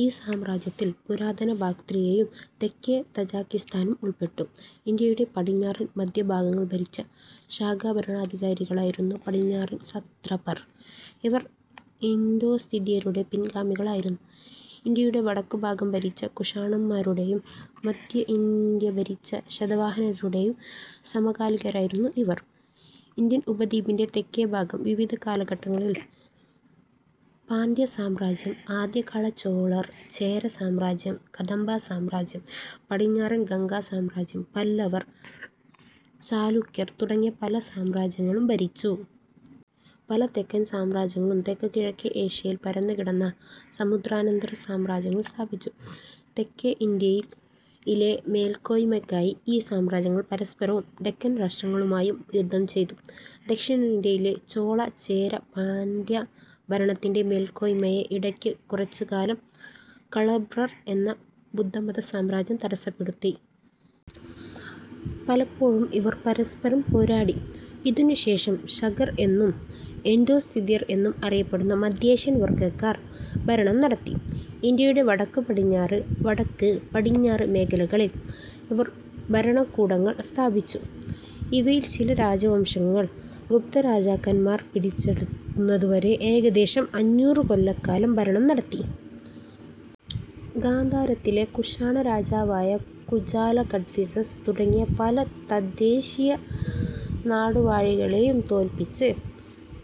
ഈ സാമ്രാജ്യത്തിൽ പുരാതന ബാക്ട്രിയയും തെക്കേ താജിക്കിസ്ഥാനും ഉൾപ്പെട്ടു. ഇന്ത്യയുടെ പടിഞ്ഞാറൻ, മദ്ധ്യ ഭാഗങ്ങൾ ഭരിച്ച ശാക ഭരണാധികാരികളായിരുന്നു പടിഞ്ഞാറൻ സത്രപർ. ഇവർ ഇന്തോ-സിഥിയരുടെ പിൻഗാമികളായിരുന്നു. ഇന്ത്യയുടെ വടക്കുഭാഗം ഭരിച്ച കുഷാണരുടെയും, മദ്ധ്യ ഇന്ത്യ ഭരിച്ച ശതവാഹനരുടെയും സമകാലികരായിരുന്നു ഇവർ. ഇന്ത്യൻ ഉപദ്വീപിന്റെ തെക്കേ ഭാഗം, വിവിധ കാലഘട്ടങ്ങളിൽ, പാണ്ഡ്യ സാമ്രാജ്യം, ആദ്യകാല ചോളർ, ചേര സാമ്രാജ്യം, കാദംബ സാമ്രാജ്യം, പടിഞ്ഞാറൻ ഗംഗാ സാമ്രാജ്യം, പല്ലവർ, ചാലൂക്യർ തുടങ്ങിയ പല സാമ്രാജ്യങ്ങളും ഭരിച്ചു. പല തെക്കൻ സാമ്രാജ്യങ്ങളും തെക്കു കിഴക്കേ ഏഷ്യയിൽ പരന്നുകിടന്ന സമുദ്രാന്തര സാമ്രാജ്യങ്ങൾ സ്ഥാപിച്ചു. തെക്കേ ഇന്ത്യയിൽ ഇന്ത്യയിലെ മേൽക്കോയ്മയ്ക്കായി ഈ സാമ്രാജ്യങ്ങൾ പരസ്പരവും, ഡെക്കാൻ രാഷ്ട്രങ്ങളുമായും യുദ്ധം ചെയ്തു. ദക്ഷിണേന്ത്യയിലെ ചോള, ചേര, പാണ്ഡ്യ ഭരണത്തിന്റെ മേൽക്കോയ്മയെ ഇടയ്ക്ക് കുറച്ചുകാലം കളഭ്രർ എന്ന ബുദ്ധമത സാമ്രാജ്യം തടസ്സപ്പെടുത്തി. പലപ്പൊഴും ഇവർ പരസ്പരം പോരാടി. ഇതിനു ശേഷം ശകർ എന്നും ഇന്തോ-സിഥിയർ എന്നും അറിയപ്പെടുന്ന മദ്ധ്യേഷ്യൻ വർഗ്ഗക്കാർ ഭരണം നടത്തി. ഇന്ത്യയുടെ വടക്കു പടിഞ്ഞാറ്, വടക്ക്, പടിഞ്ഞാറ് മേഖലകളിൽ ഇവർ ഭരണകൂടങ്ങൾ സ്ഥാപിച്ചു. ഇവയിൽ ചില രാജവംശങ്ങൾ ഗുപ്തരാജാക്കാന്മാർ പിടിച്ചടക്കുന്നതുവരെ ഏകദേശം അഞ്ഞൂറു കൊല്ലക്കാലം ഭരണം നടത്തി. ഗാന്ധാരത്തിലെ കുശാണ രാജാവായ കുജുല കാഡ്ഫിസസ് തുടങ്ങിയ പല തദ്ദേശീയ നാടുവാഴികളെയും തോൽപ്പിച്ച്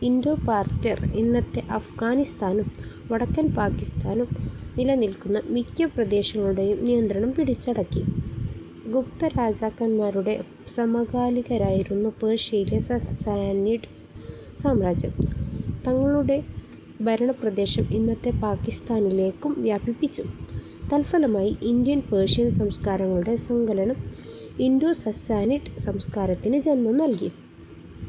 ഇന്തോ-പാർഥിയർ ഇന്നത്തെ അഫ്ഗാനിസ്ഥാനും വടക്കൻ പാകിസ്താനും നിലനിൽക്കുന്ന മിക്ക പ്രദേശങ്ങളുടെയും നിയന്ത്രണം പിടിച്ചടക്കി. ഗുപ്ത രാജാക്കന്മാരുടെ സമകാലികരായിരുന്ന പേർഷ്യയിലെ സസ്സാനിഡ് സാമ്രാജ്യം തങ്ങളുടെ ഭരണ പ്രദേശം ഇന്നത്തെ പാകിസ്താനിലേയ്ക്കും വ്യാപിപ്പിച്ചു. തത്ഫലമായി ഇന്ത്യൻ, പേർഷ്യൻ സംസ്കാരങ്ങളുടെ സങ്കലനം ഇന്തോ-സസ്സാനിഡ് സംസ്കാരത്തിന് ജന്മം നൽകി.